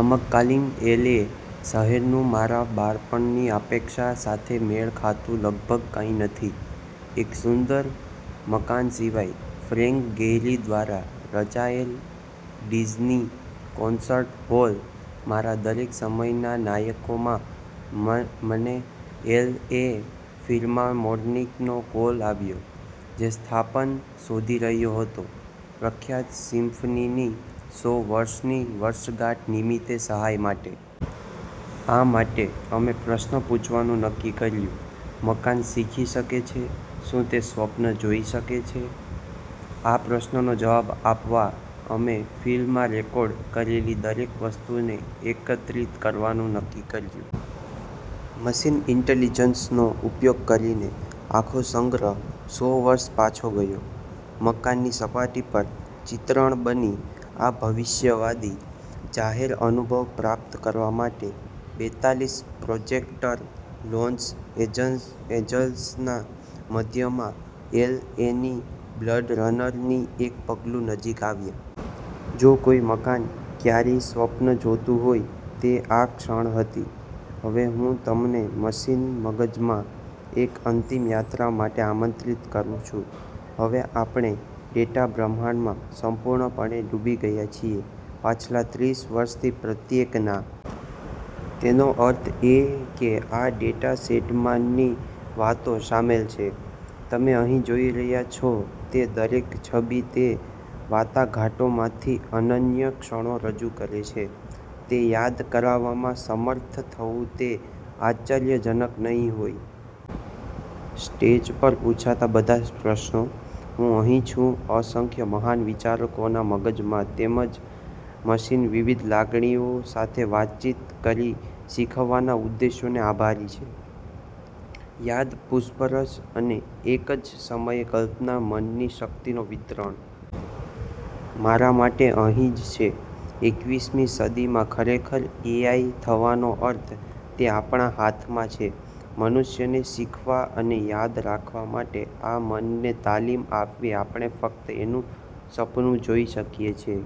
સમકાલીન એલએ શહેરનું મારા બાળપણની અપેક્ષા સાથે મેળ ખાતું લગભગ કંઇ નથી, એક સુંદર મકાન સિવાય: ફ્રેન્ક ગેહરી દ્વારા રચાયેલ ડિઝની કોન્સર્ટ હોલ, મારા દરેક સમયના નાયકો. માં, મને એલ. એ. ફિલ્હાર્મોનિકનો કોલ આવ્યો જે સ્થાપન શોધી રહ્યો હતો પ્રખ્યાત સિમ્ફનીની સો વર્ષની વર્ષગાંઠ નિમિત્તે સહાય માટે. આ માટે, અમે પ્રશ્ન પૂછવાનું નક્કી કર્યું, "મકાન શીખી શકે છે? શું તે સ્વપ્ન જોઈ શકે છે? " આ પ્રશ્નનો જવાબ આપવા, અમે ફિલ માં રેકોર્ડ કરેલી દરેક વસ્તુને એકત્રિત કરવાનું નક્કી કર્યું. મશીન ઇન્ટેલિજન્સનો ઉપયોગ કરીને, આખો સંગ્રહ, સો વર્ષ પાછો ગયો, મકાન ની સપાટી પર ચિત્રણ બની, આ ભવિષ્યવાદી જાહેર અનુભવ પ્રાપ્ત કરવા માટે બેતાલીસ પ્રોજેક્ટર લોસ એન્જલસના મધ્યમાં, એલ. એ. ની "બ્લેડ રનર" ની એક પગલુ નજીક આવ્યા. જો કોઈ મકાન ક્યારેય સ્વપ્ન જોતું હોય, તે આ ક્ષણ હતી. હવે, હું તમને મશીન મગજમાં એક અંતિમ યાત્રા માટે આમંત્રિત કરું છું. હવે, આપણે ડેટા બ્રહ્માંડમાં સંપૂર્ણપણે ડૂબી ગયા છીએ પાછલા ત્રીસ વર્ષથી પ્રત્યેક ના. તેનો અર્થ એ કે આ ડેટા સેટમાં ની વાતો શામેલ છે. તમે અહીં જોઈ રહ્યાં છો તે દરેક છબી તે વાટાઘાટોમાંથી અનન્ય ક્ષણો રજૂ કરે છે. તે યાદ કરવામાં સમર્થ થવું તે આશ્ચર્યજનક નહીં હોય? સ્ટેજ પર પૂછાતા બધા પ્રશ્નો? હું અહીં છું, અસંખ્ય મહાન વિચારકોના મગજમાં, તેમજ મશીન, વિવિધ લાગણીઓ સાથે વાતચીત કરી શીખવાના ઉદ્દેશોને આભારી છે યાદ, પૂછપરછ અને એક જ સમયે કલ્પના, મનની શક્તિનો વિસ્તરણ. મારા માટે, અહીં જ છે એકવીસ મી સદીમાં ખરેખર એઆઈ થવાનો અર્થ. તે આપણા હાથમાં છે, મનુષ્યને, શીખવા અને યાદ રાખવા માટે આ મનને તાલીમ આપવી આપણે ફક્ત જેનું સપનું જોઈ શકીએ છીએ.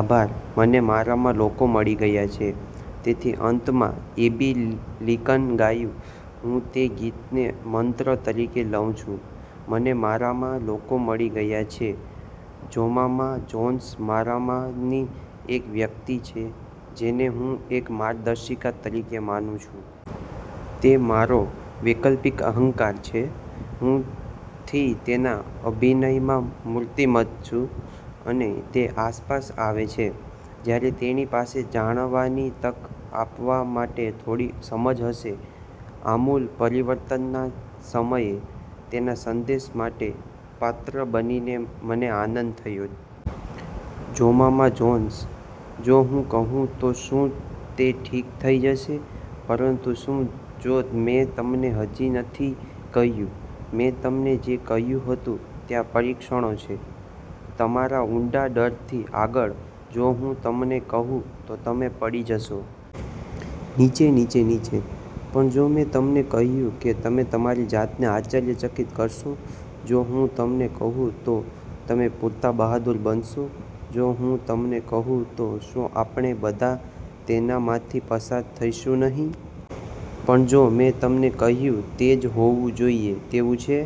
આભાર. "મને મારામાં લોકો મળી ગયા છે. " તેથી અંતમાં એબી લિંકન ગાયું. હું તે ગીતને મંત્ર તરીકે લઉં છું. "મને મારામાં લોકો મળી ગયા છે. " જોમામા જોન્સ મારામાંની એક વ્યક્તિ છે જેને હું એક માર્ગદર્શિકા તરીકે માનુ છું. તે મારો વૈકલ્પિક અહંકાર છે. હું થી તેના અભિનયમાં મૂર્તિમંત છું, અને તે આસપાસ આવે છે જ્યારે તેણી પાસે જાણવાની તક આપવા માટે થોડી સમજ હશે. આમૂલ પરિવર્તનના આ સમયે, તેના સંદેશ માટે પાત્ર બનીને મને આનંદ થયો. જોમામા જોન્સ: જો હું કહું તો શું તે ઠીક થઈ જશે... પરંતુ શું જો મેં તમને હજી નથી કહ્યું? મેં તમને જે કહ્યું હતું ત્યાં પરીક્ષણો છે તમારા ઉંડા ડરથી આગળ? જો હું તમને કહું તો તમે પડી જશો... નીચે, નીચે, નીચે? પણ જો મેં તમને કહ્યું કે તમે તમારી જાતને આશ્ચર્યચકિત કરશો? જો હું તમને કહું તો તમે પૂરતા બહાદુર બનશો? જો હું તમને કહું તો શું આપણે બધા તેનામાંથી પસાર થઈશું નહીં? પણ જો મેં તમને કહ્યું તે જ હોવું જોઈએ તેવું છે?